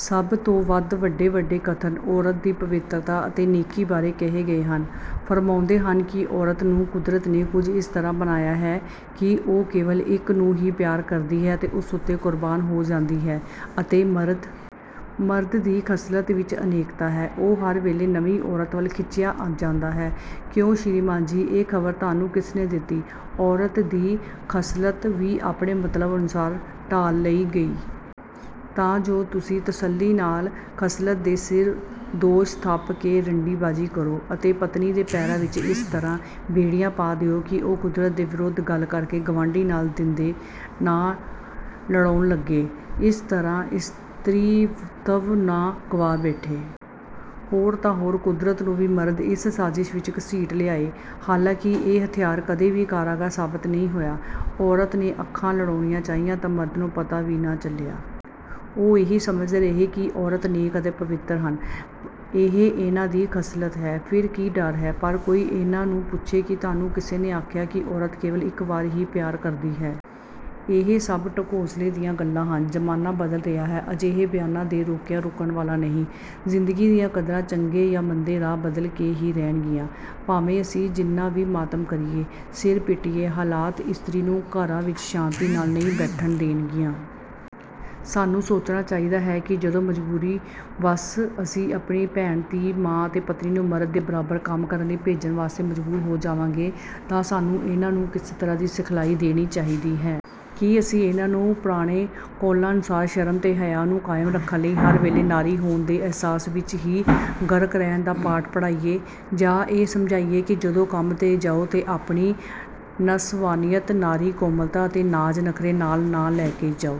ਸਭ ਤੋਂ ਵੱਧ ਵੱਡੇ ਵੱਡੇ ਕਥਨ ਔਰਤਾਂ ਦੀ ਪਵਿੱਤਰਤਾ ਅਤੇ ਨੇਕੀ ਬਾਰੇ ਕਹੇ ਗਏ ਹਨ। ਫ਼ਰਮਾਉਂਦੇ ਹਨ ਕਿ 'ਔਰਤ ਨੂੰ ਕੁਦਰਤ ਨੇ ਕੁਝ ਇਸ ਤਰ੍ਹਾਂ ਬਣਾਇਆ ਹੈ ਕਿ ਉਹ ਕੇਵਲ ਇੱਕ ਨੂੰ ਹੀ ਪਿਆਰ ਕਰਦੀ ਹੈ ਅਤੇ ਉਸੇ ਉੱਤੇ ਕੁਰਬਾਨ ਹੋ ਜਾਂਦੀ ਹੈ'ਅਤੇ ਮਰਦ! 'ਮਰਦ ਦੀ ਖਸਲਤ ਵਿੱਚ 'ਅਨੇਕਤਾ' ਹੈ। ਉਹ ਹਰ ਵੇਲੇ ਨਵੀਂ ਔਰਤ ਵੱਲ ਖਿੱਚਿਆ ਜਾਂਦਾ ਹੈ।' ਕਿਉਂ ਸ੍ਰੀਮਾਨ ਜੀ ਇਹ ਖ਼ਬਰ ਤੁਹਾਨੂੰ ਕਿਸਨੇ ਦਿੱਤੀ? ਔਰਤ ਦੀ ਖਸਲਤ ਵੀ ਆਪਣੇ ਮਤਲਬ ਅਨੁਸਾਰ ਢਾਲ ਲਈ ਗਈ ਤਾਂ ਜੋ ਤੁਸੀਂ ਤਸੱਲੀ ਨਾਲ ਖਸਲਤ ਦੇ ਸਿਰ ਦੋਸ਼ ਥੱਪ ਕੇ 'ਰੰਡੀ-ਬਾਜ਼ੀ' ਕਰੋ ਅਤੇ ਪਤਨੀ ਦੇ ਪੈਰਾਂ ਵਿੱਚ ਇਸ ਦੀਆਂ ਬੇੜੀਆਂ ਪਾ ਦਿਓ ਕਿ ਉਹ ਕੁਦਰਤ ਦੇ ਵਿਰੁੱਧ ਗੱਲ ਕਰਕੇ, ਗਵਾਂਢੀ ਨਾਲ ਦੀਦੇ ਨਾ ਲੜਾਉਣ ਲੱਗੇ ਅਤੇ ਇਸ ਤਰ੍ਹਾਂ 'ਇਸਤਰੀਤਵ' ਨਾ ਗਵਾ ਬੈਠੇ। ਹੋਰ ਤਾਂ ਹੋਰ ਕੁਦਰਤ ਨੂੰ ਵੀ ਮਰਦ ਇਸ ਸਾਜ਼ਿਸ਼ ਵਿੱਚ ਘਸੀਟ ਲਿਆਏ। ਹਾਲਾਂਕਿ ਇਹ ਹਥਿਆਰ ਕਦੇ ਵੀ ਕਾਰਗਰ ਸਾਬਤ ਨਹੀਂ ਹੋਇਆ। ਔਰਤ ਨੇ ਅੱਖਾਂ ਲੜਾਉਣੀਆਂ ਚਾਹੀਆਂ ਤਾਂ ਮਰਦਾਂ ਨੂੰ ਪਤਾ ਵੀ ਨਾ ਚੱਲਿਆ। ਉਹ, ਇਹੀ ਸਮਝਦੇ ਰਹੇ ਕਿ ਔਰਤਾਂ ਨੇਕ ਅਤੇ ਪਵਿੱਤਰ ਹਨ। ਇਹ ਇਹਨਾਂ ਦੀ ਖਸਲਤ ਹੈ। ਫਿਰ ਕੀ ਡਰ ਹੈ? ਪਰ ਕੋਈ ਇਹਨਾਂ ਨੂੰ ਪੁੱਛੇ ਕਿ ਤੁਹਾਨੂੰ ਕਿਸ ਨੇ ਆਖਿਆ ਕਿ ਔਰਤ ਕੇਵਲ ਇੱਕ ਵਾਰ ਹੀ ਪਿਆਰ ਕਰਦੀ ਹੈ? ਇਹ ਸਭ ਢਕੌਂਸਲੇ ਦੀਆਂ ਗੱਲਾਂ ਹਨ। ਜ਼ਮਾਨਾ ਬਦਲ ਰਿਹਾ ਹੈ ਅਤੇ ਅਜਿਹੇ ਬਿਆਨਾਂ ਦੇ ਰੋਕਿਆਂ, ਰੁਕਣ ਵਾਲਾ ਨਹੀਂ। ਜ਼ਿੰਦਗੀ ਦੀਆਂ ਕਦਰਾਂ ਚੰਗੇ ਜਾਂ ਮੰਦੇ ਰਾਹ ਬਦਲ ਕੇ ਹੀ ਰਹਿਣਗੀਆਂ ਭਾਵੇਂ ਅਸੀਂ ਜਿੰਨਾ ਵੀ ਮਾਤਮ ਕਰੀਏ, ਸਿਰ ਪਿੱਟੀਏ, ਹਾਲਾਤ, ਇਸਤਰੀ ਨੂੰ ਘਰਾਂ ਵਿੱਚ ਸ਼ਾਂਤੀ ਨਾਲ ਨਹੀਂ ਬੈਠਣ ਦੇਣਗੀਆਂ। ਸਾਨੂੰ ਸੋਚਣਾ ਚਾਹੀਦਾ ਹੈ ਕਿ ਜਦੋਂ ਮਜਬੂਰੀ-ਵਸ ਅਸੀਂ ਆਪਣੀ ਭੈਣ, ਧੀ, ਮਾਂ ਅਤੇ ਪਤਨੀ ਨੂੰ ਮਰਦਾਂ ਦੇ ਬਰਾਬਰ ਕੰਮ ਕਰਨ ਲਈ ਭੇਜਣ ਵਾਸਤੇ ਮਜਬੂਰ ਹੋ ਜਾਵਾਂਗੇ ਤਾਂ ਸਾਨੂੰ ਇਹਨਾਂ ਨੂੰ ਕਿਸ ਤਰ੍ਹਾਂ ਦੀ ਸਿਖਲਾਈ ਦੇਣੀ ਚਾਹੀਦੀ ਹੈ। ਕੀ ਅਸੀਂ ਇਹਨਾਂ ਨੂੰ ਪੁਰਾਣੇ ਕੌਲਾਂ ਅਨੁਸਾਰ ਸ਼ਰਮ ਤੇ ਹਯਾ ਨੂੰ ਕਾਇਮ ਰੱਖਣ ਲਈ ਹਰ ਵੇਲੇ 'ਨਾਰੀ' ਹੋਣ ਦੇ ਅਹਿਸਾਸ ਵਿੱਚ ਹੀ ਗਰਕ ਰਹਿਣ ਦਾ ਪਾਠ ਪੜ੍ਹਾਈਏ। ਜਾਂ ਇਹ ਸਮਝਾਈਏ ਕਿ ਜਦੋਂ ਕੰਮ 'ਤੇ ਜਾਓ ਤਾਂ ਆਪਣੀ ਨਸਵਾਨੀਅਤ, ਨਾਰੀ-ਕੋਮਲਤਾ ਅਤੇ ਨਾਜ਼-ਨਖ਼ਰੇ, ਨਾਲ ਨਾ ਲੈ ਕੇ ਜਾਓ।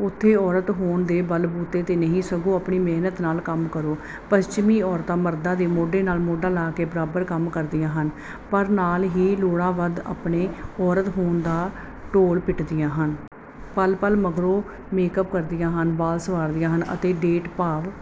ਉੱਥੇ 'ਔਰਤ' ਹੋਣ ਦੇ ਬਲ-ਬੂਤੇ 'ਤੇ ਨਹੀਂ ਸਗੋਂ ਆਪਣੀ ਮਿਹਨਤ ਨਾਲ ਕੰਮ ਕਰੋ। ਪੱਛਮੀ ਔਰਤਾਂ ਮਰਦਾਂ ਦੇ 'ਮੋਢੇ ਨਾਲ ਮੋਢਾ' ਲਾ ਕੇ ਬਰਾਬਰ ਕੰਮ ਕਰਦੀਆਂ ਹਨ ਪਰ ਨਾਲ ਹੀ ਲੋੜੋਂ ਵੱਧ ਆਪਣੇ ਔਰਤ ਹੋਣ ਦਾ ਢੋਲ ਪਿੱਟਦੀਆਂ ਹਨ। ਪਲ-ਪਲ ਮਗਰੋਂ ਮੇਕ-ਅੱਪ ਕਰਦੀਆਂ ਹਨ। ਵਾਲ ਸੰਵਾਰਦੀਆਂ ਹਨ ਅਤੇ 'ਡੇਟ' ਭਾਵ